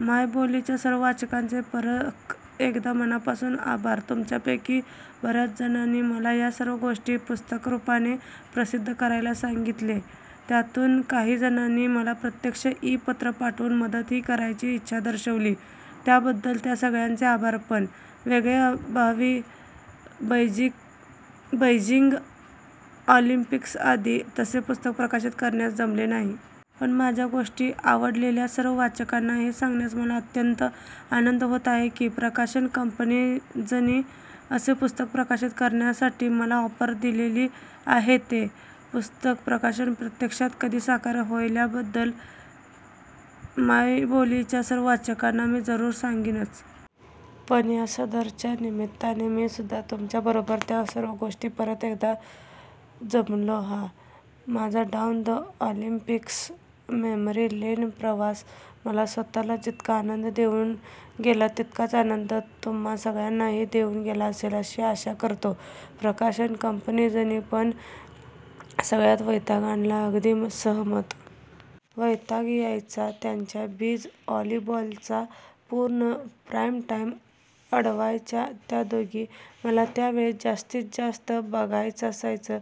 मायबोलीच्या सर्व वाचकांचे परक एकदा मनापासुन आभारतुमच्यापै़की बर्याच जणानी मला या सर्व गोष्टी पुस्तकरुपाने प्रसिद्ध करायला सांगीतले.. त्यातल्या काही जणांनी मला प्रत्यक्ष इ पत्र पाठवुन मदतही करायची इच्छा दर्शवली.. त्याबद्दल त्या सगळ्यांचे आभारपण वेळेअभावी बैजिंग ऑलिंपिक्सआधी तसे पुस्तक प्रकाशीत करण्यास जमले नाही.. पण माझ्या गोष्टी आवडलेल्या सर्व वाचकांना हे सांगण्यास मला अत्यंत आनंद होत आहे की प्रकाशन कंपनिजनी.. असे पुस्तक प्रकाशित करण्यासाठीमला ऑफर दिलेली आहेते पुस्तक प्रकाशन प्रत्यक्षात कधी साकार होइलयाबद्दल मायबोलिच्या सर्व वाचकांना मी जरुर सांगीनच. पण या सदराच्या निमित्ताने मीसुद्धा तुमच्या बरोबर त्या सर्व गोष्टी परत एकदा जगलोहा माझाडाउन द ऑलिंपिक्स मेमरी लेनप्रवास मला स्वतःला जितका आनंद देउन गेलातितकाच आनंद तुम्हा सगळ्यांनाही देउन गेला असेल अशी आशा करतो प्रकाशन कंपनिजनीपण सगळ्यात वैताग आणलाअगदी सहमत. वैताग यायचा त्यांच्या बीच वॉलीबॉलचा. पूर्ण प्राईमटाईम अडवायच्या त्या दोघी. मला त्यावेळेत जास्तीतजास्त ' /'बघायचं असायचं.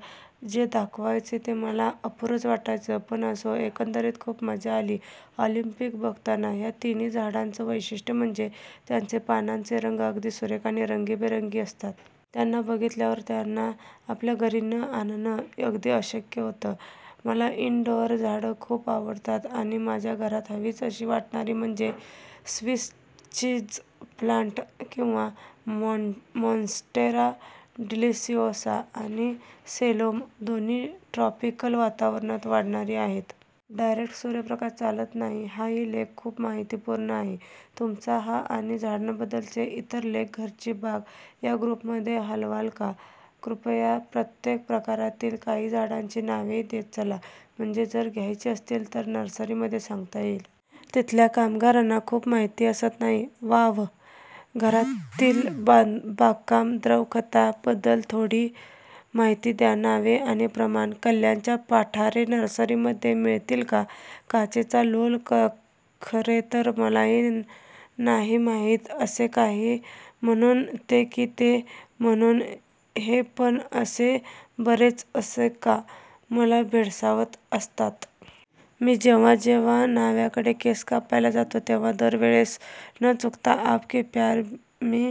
जे दाखवायचे ते मला अपुरंच वाटायचं. पण असो, एकंदरीत खूप मजा आली ऑलिंपिक बघताना. ह्या तिन्ही झाडांच वैशिष्ट्य म्हणजे त्यांचे पानांचे रंग अगदी सुरेख आणि रंगीबेरंगी असतात. त्यांना बघितल्यावर त्यांना आपल्या घरी न आणण अगदी अशक्य होतं. मला इनडोअर झाडं खूप आवडतात. आणि माझ्या घरात हवीच अशी वाटणारी म्हणजे 'स्विस चीज प्लांट किंवा माँन्स्टेरा डिलीसिओसा' आणि 'सेलोम'. दोन्ही ट्रॉपिकल वातावरणात वाढणारी आहेत. डायरेक्ट सूर्यप्रकाश चालत नाही. हाही लेख खूप माहितीपूर्ण आहे. तुमचा हा आणि झाडांबद्दलचे इतर लेख "घरची बाग" या ग्रुपमध्ये हलवाल का? ृपया प्रत्येक प्रकारातील काही झाडांची नावेही देत चला, म्हणजे जर घ्यायची असतील तर नर्सरीमध्ये सांगता येईल. तिथल्या कामगारांना खूप माहिती असत नाही. वाव्ह. घरातील बागकाम. द्रवखतां बद्दल थोडी माहिती द्या. नावे आणि प्रमाण. कल्याणच्या पाठारे नर्सरी मध्ये मिळतील का? काचेचा लोलकखरेतर मलाही नाही माहीत असे काहे म्हणून ते की ते म्हणून हेपणअसे बरेच "असे का" मला भेडसावत असतात.. मी जेव्हा जेव्हा न्हाव्याकडे केस कापायला जातो तेव्हा दर वेळेस न चुकता 'आपके प्यार मी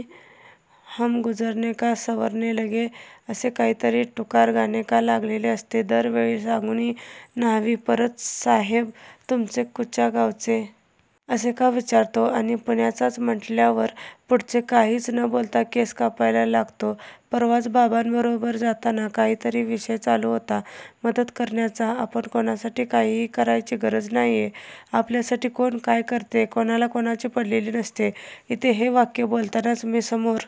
हम गुजरने का सवरने लगे " असे काहीतरी टुकार गाणे का लागलेले असते? दरवेळी सांगूनही न्हावी परत "साह्येब तुमचे कुच्या गावचे? " असे का विचारतो.. आणि पुण्याचाच म्हटल्यावर पुढचे काहीच न बोलता केस कापायला लागतोपरवाच बाबांबरोबर जाताना काहीतरी विषय चालू होता मदत करण्याचा"आपण कोणासाठी काहीही करायची गरज नाहीये.. आपल्यासाठी कोण काय करते??? कोणाला कोणाची पडलेली नसते इथे" हे वाक्य बोलतानाच मी समोर